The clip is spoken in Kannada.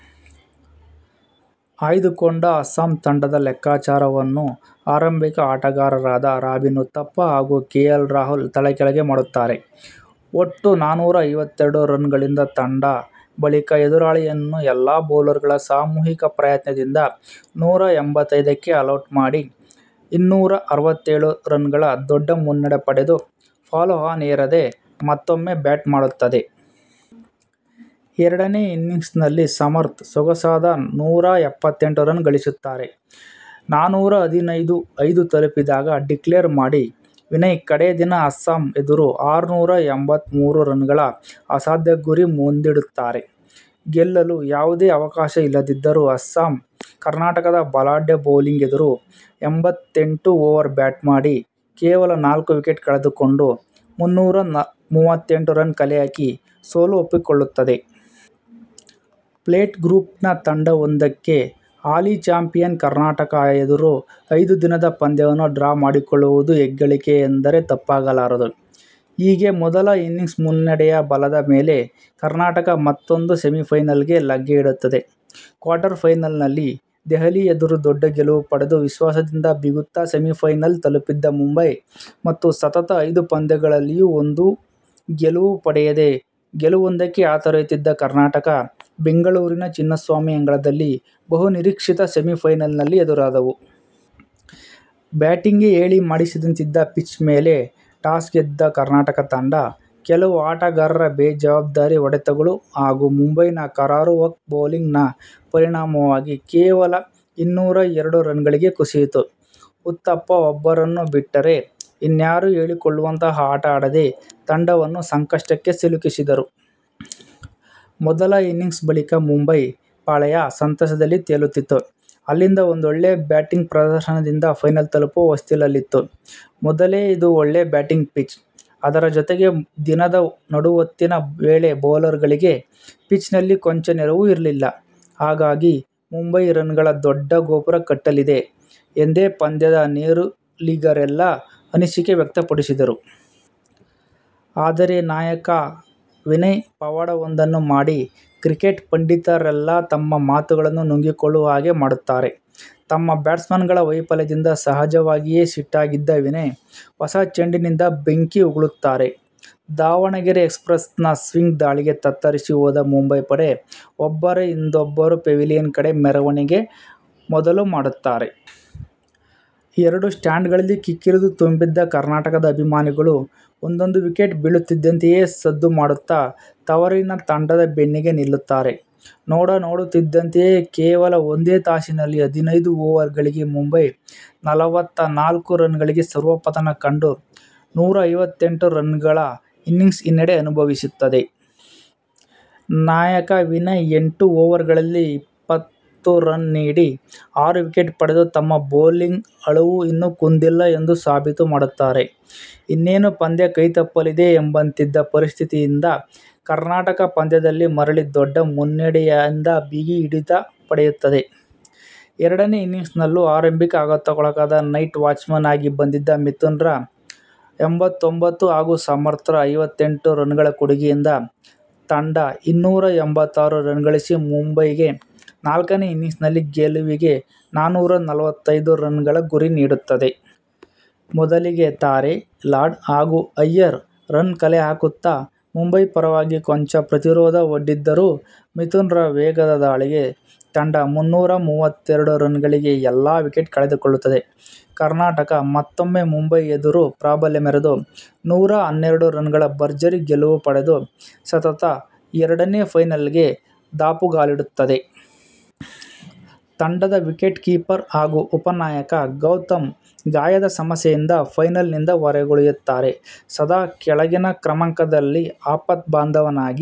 ಆಯ್ದುಕೊಂಡ ಅಸ್ಸಾಮ್ ತಂಡದ ಲೆಕ್ಕಾಚಾರವನ್ನು ಆರಂಬಿಕ ಆಟಗಾರರಾದ ರಾಬಿನ್ ಉತ್ತಪ್ಪ ಹಾಗೂ ಕೆ. ಎಲ್. ರಾಹುಲ್ ತಲೆಕೆಳಗೆ ಮಾಡುತ್ತಾರೆ. ಒಟ್ಟು ನಾನೂರ ಐವತ್ತೆರಡು ರನ್ ಗಳಿಸಿದ ತಂಡ ಬಳಿಕ ಎದುರಾಳಿಯನ್ನು ಎಲ್ಲಾ ಬೌಲರ್ ಗಳ ಸಾಮೂಹಿಕ ಪ್ರಯತ್ನದಿಂದ ನೂರ ಎಂಭತ್ತೈದಕ್ಕೆ ಆಲೌಟ್ ಮಾಡಿ ಇನ್ನೂರ ಅರವತ್ತೆಳು ರನ್ ಗಳ ದೊಡ್ಡ ಮುನ್ನಡೆ ಪಡೆದು, ಪಾಲೊ-ಆನ್ ಹೇರದೆ ಮತ್ತೊಮ್ಮೆ ಬ್ಯಾಟ್ ಮಾಡುತ್ತದೆ. ಎರಡನೇ ಇನ್ನಿಂಗ್ಸ್ ನಲ್ಲಿ ಸಮರ್ತ್ ಸೊಗಸಾದ ನೂರಾ ಎಪ್ಪತ್ತೆಂಟು ರನ್ ಗಳಿಸುತ್ತಾರೆ. ನಾನೂರ ಹದಿನೈದು ಐದು ತಲುಪಿದಾಗ ಡಿಕ್ಲೇರ್ ಮಾಡಿ ವಿನಯ್ ಕಡೇ ದಿನ ಅಸ್ಸಾಮ್ ಎದುರು ಆರ್ನೂರ ಎಂಭತ್ತ್ ಮೂರು ರನ್ ಗಳ ಅಸಾದ್ಯ ಗುರಿ ಮುಂದಿಡುತ್ತಾರೆ. ಗೆಲ್ಲಲು ಯಾವುದೇ ಅವಕಾಶ ಇಲ್ಲದಿದ್ದರೂ ಅಸ್ಸಾಮ್, ಕರ್ನಾಟಕದ ಬಲಾಡ್ಯ ಬೌಲಿಂಗ್ ಎದುರು ಎಂಭತ್ತೆಂಟು ಓವರ್ ಬ್ಯಾಟ್ ಮಾಡಿ ಕೇವಲ ನಾಲ್ಕು ವಿಕೆಟ್ ಕಳೆದುಕೊಂಡು ಮುನ್ನೂರ ಮೂವತ್ತೆಂಟು ರನ್ ಕಲೆಹಾಕಿ ಸೋಲು ಓಪ್ಪಿಕೊಳ್ಳುತ್ತದೆ. ಪ್ಲೇಟ್ ಗ್ರೂಪ್ ನ ತಂಡವೊಂದಕ್ಕೆ ಹಾಲಿ ಚಾಂಪಿಯನ್ ಕರ್ನಾಟಕ ಎದುರು ಐದು ದಿನದ ಪಂದ್ಯವನ್ನು ಡ್ರಾ ಮಾಡಿಕೊಳ್ಳುವುದು ಹೆಗ್ಗಳಿಕೆ ಎಂದರೆ ತಪ್ಪಾಗಲಾರದು. ಹೀಗೆ ಮೊದಲ ಇನ್ನಿಂಗ್ಸ್ ಮುನ್ನಡೆಯ ಬಲದ ಮೇಲೆ ಕರ್ನಾಟಕ ತಂಡ ಮತ್ತೊಂದು ಸೆಮಿಪೈನಲ್ ಗೆ ಲಗ್ಗೆ ಇಡುತ್ತದೆ. ಕ್ವಾರ್ಟರ್ ಪೈನಲ್ ನಲ್ಲಿ ದೆಹಲಿ ಎದುರು ದೊಡ್ಡ ಗೆಲುವು ಪಡೆದು ವಿಶ್ವಾಸದಿಂದ ಬೀಗುತ್ತಾ ಸೆಮಿಪೈನಲ್ ತಲುಪಿದ್ದ ಮುಂಬೈ ಮತ್ತು ಸತತ ಐದು ಪಂದ್ಯಗಳಲ್ಲಿ ಒಂದೂ ಗೆಲುವು ಪಡೆಯದೆ ಗೆಲುವೊಂದಕ್ಕೆ ಹಾತೊರೆಯುತ್ತಿದ್ದ ಕರ್ನಾಟಕ, ಬೆಂಗಳೂರಿನ ಚಿನ್ನಸ್ವಾಮಿ ಅಂಗಳದಲ್ಲಿ ಬಹು ನಿರೀಕ್ಶಿತ ಸೆಮಿಪೈನಲ್ ನಲ್ಲಿ ಎದುರಾದವು. ಬ್ಯಾಟಿಂಗ್ ಗೆ ಹೇಳಿ ಮಾಡಿಸಿದಂತಿದ್ದ ಪಿಚ್ ಮೇಲೆ ಟಾಸ್ ಗೆದ್ದ ಕರ್ನಾಟಕ ತಂಡ, ಕೆಲವು ಆಟಗಾರರ ಬೇಜವಾಬ್ದಾರಿ ಹೊಡೆತಗಳು ಹಾಗೂ ಮುಂಬೈನ ಕರಾರುವಾಕ್ ಬೌಲಿಂಗ್ ನ ಪರಿಣಾಮವಾಗಿ ಕೇವಲ ಇನ್ನೂರ ಎರಡು ರನ್ ಗಳಿಗೆ ಕುಸಿಯಿತು. ಉತ್ತಪ್ಪ ಒಬ್ಬರನ್ನು ಬಿಟ್ಟರೆ ಇನ್ಯಾರೂ ಹೇಳಿಕೊಳ್ಳುವಂತಹ ಆಟ ಆಡದೆ ತಂಡವನ್ನು ಸಂಕಶ್ಟಕ್ಕೆ ಸಿಲುಕಿಸಿದರು. ಮೊದಲ ಇನ್ನಿಂಗ್ಸ್ ಬಳಿಕ ಮುಂಬೈ ಪಾಳಯ ಸಂತಸದಲ್ಲಿ ತೇಲುತ್ತಿತ್ತು. ಅಲ್ಲಿಂದ ಒಂದೊಳ್ಳೆ ಬ್ಯಾಟಿಂಗ್ ಪ್ರದರ್ಶನದಿಂದ ಪೈನಲ್ ತಲುಪುವ ಹೊಸ್ತಿಲಲ್ಲಿತ್ತು. "ಮೊದಲೇ ಇದು ಒಳ್ಳೆ ಬ್ಯಾಟಿಂಗ್ ಪಿಚ್. ಅದರ ಜೊತೆಗೆ ದಿನದ ನಡುಹೊತ್ತಿನ ವೇಳೆಬೌಲರ್ ಗಳಿಗೆ ಪಿಚ್ ನಲ್ಲಿ ಕೊಂಚ ನೆರವೂ ಇರಲಿಲ್ಲ. ಹಾಗಾಗಿ ಮುಂಬೈ ರನ್ ಗಳ ದೊಡ್ಡ ಗೋಪುರ ಕಟ್ಟಲಿದೆ" ಎಂದೇ ಪಂದ್ಯದ ನೇರುಲಿಗರೆಲ್ಲಾ ಅನಿಸಿಕೆ ವ್ಯಕ್ತ ಪಡಿಸುತ್ತಾರೆ. ಆದರೆ ನಾಯಕ ವಿನಯ್ ಪವಾಡವೊಂದನ್ನು ಮಾಡಿ ಕ್ರಿಕೆಟ್ ಪಂಡಿತರೆಲ್ಲಾ ತಮ್ಮ ಮಾತುಗಳನ್ನು ನುಂಗಿಕೊಳ್ಳುವ ಹಾಗೆ ಮಾಡುತ್ತಾರೆ. ತಮ್ಮ ಬ್ಯಾಟ್ಸ್ಮನ್ ಗಳ ವೈಪಲ್ಯದಿಂದ ಸಹಜವಾಗಿಯೇ ಸಿಟ್ಟಾಗಿದ್ದ ವಿನಯ್, ಹೊಸ ಚೆಂಡಿನಿಂದ ಬೆಂಕಿ ಉಗುಳುತ್ತಾರೆ. ದಾವಣಗೆರೆ ಎಕ್ಸ್ಪ್ರೆಸ್ ನ ಸ್ವಿಂಗ್ ದಾಳಿಗೆ ತತ್ತರಿಸಿ ಹೋದ ಮುಂಬೈ ಪಡೆ ಒಬ್ಬರ ಹಿಂದೊಬ್ಬರು ಪೆವಿಲಿಯನ್ ಕಡೆ ಮೆರವಣಿಗೆ ಮೊದಲುಮಾಡುತ್ತಾರೆ. ಎರಡು ಸ್ಟಾಂಡ್ ಗಳಲ್ಲಿ ಕಿಕ್ಕಿರಿದು ತುಂಬಿದ್ದ ಕರ್ನಾಟಕದ ಅಬಿಮಾನಿಗಳು ಒಂದೊಂದು ವಿಕೆಟ್ ಬೀಳುತ್ತಿದ್ದಂತೆಯೇ ಸದ್ದು ಮಾಡುತ್ತಾ ತವರಿನ ತಂಡದ ಬೆನ್ನಿಗೆ ನಿಲ್ಲುತ್ತಾರೆ. ನೋಡನೋಡುತ್ತಿದಂತೆಯೇ ಕೇವಲ ಒಂದೇ ತಾಸಿನಲ್ಲಿ ಹದಿನೈದು ಓವರ್ ಗಳಿಗೆ ಮುಂಬೈ ನಲವತ್ತ ನಾಲ್ಕು ರನ್ ಗಳಿಗೆ ಸರ್ವಪತನ ಕಂಡು ನೂರ ಐವತ್ತೆಂಟು ಎಂಟು ರನ್ ಗಳ ಇನ್ನಿಂಗ್ಸ್ ಹಿನ್ನಡೆ ಅನುಬವಿಸುತ್ತದೆ. ನಾಯಕ ವಿನಯ್ ಎಂಟು ಓವರ್ ಗಳಲ್ಲಿ ಇಪ್ಪತ್ತು ರನ್ ನೀಡಿ ಆರು ವಿಕೆಟ್ ಪಡೆದು ತಮ್ಮ ಬೌಲಿಂಗ್ ಅಳವು ಇನ್ನೂ ಕುಂದಿಲ್ಲ ಎಂದು ಸಾಬೀತು ಮಾಡುತ್ತಾರೆ. ಇನ್ನೇನು ಪಂದ್ಯ ಕೈತಪ್ಪಲಿದೆ ಎಂಬಂತಿದ್ದ ಪರಿಸ್ತಿತಿಯಿಂದ ಕರ್ನಾಟಕ ಪಂದ್ಯದಲ್ಲಿ ಮರಳಿ ದೊಡ್ಡ ಮುನ್ನಡೆಯಿಂದ ಬಿಗಿ ಹಿಡಿತ ಪಡೆಯುತ್ತದೆ. ಎರಡನೇ ಇನ್ನಿಂಗ್ಸ್ ನಲ್ಲೂ ಆರಂಬಿಕ ಆಗಾತಕ್ಕೊಳಗಾದರೂ ನೈಟ್ ವಾಚ್ಮನ್ ಆಗಿ ಬಂದಿದ್ದ ಮಿತುನ್ ರ ಎಂಭತ್ತೊಂಭತ್ತು ಹಾಗೂ ಸಮರ್ತ್ ರ ಐವತ್ತೆಂಟು ರನ್ ಗಳ ಕೊಡುಗೆಯಿಂದ ತಂಡ ಇನ್ನೂರ ಎಂಭತ್ತಾರು ರನ್ ಗಳಿಸಿ ಮುಂಬೈಗೆ ನಾಲ್ಕನೇ ಇನ್ನಿಂಗ್ಸ್ ನಲ್ಲಿ ಗೆಲುವಿಗೆ ನಾನೂರ ನಲವತ್ತೈದು ರನ್ ಗಳ ಗುರಿ ನೀಡುತ್ತದೆ. ಮೊದಲಿಗೆ ತಾರೆ, ಲಾಡ್ ಹಾಗೂ ಅಯ್ಯರ್ ರನ್ ಕಲೆಹಾಕುತ್ತಾ ಮುಂಬೈ ಪರವಾಗಿ ಕೊಂಚ ಪ್ರತಿರೋದ ಒಡ್ಡಿದರೂ ಮಿತುನ್ ರ ವೇಗದ ದಾಳಿಗೆ ತಂಡ ಮುನ್ನೂರ ಮೂವತ್ತೆರಡು ರನ್ ಗಳಿಗೆ ಎಲ್ಲಾ ವಿಕೆಟ್ ಕಳೆದುಕೊಳ್ಳುತ್ತದೆ. ಕರ್ನಾಟಕ ಮತ್ತೊಮ್ಮೆ ಮುಂಬೈ ಎದುರು ಪ್ರಾಬಲ್ಯ ಮೆರೆದು ನೂರಾ ಹನ್ನೆರಡು ರನ್ ಗಳ ಬರ್ಜರಿ ಗೆಲುವು ಪಡೆದು ಸತತ ಎರಡನೇ ಪೈನಲ್ ಗೆದಾಪುಗಾಲಿಡುತ್ತದೆ. ತಂಡದ ವಿಕೆಟ್ ಕೀಪರ್ ಹಾಗೂ ಉಪನಾಯಕ ಗೌತಮ್ ಗಾಯದ ಸಮಸ್ಯೆಯಿಂದ ಪೈನಲ್ ನಿಂದ ಹೊರಗುಳಿಯುತ್ತಾರೆ. ಸದಾ ಕೆಳಗಿನ ಕ್ರಮಾಂಕದಲ್ಲಿ ಆಪತ್ಬಾಂದವನಾಗಿ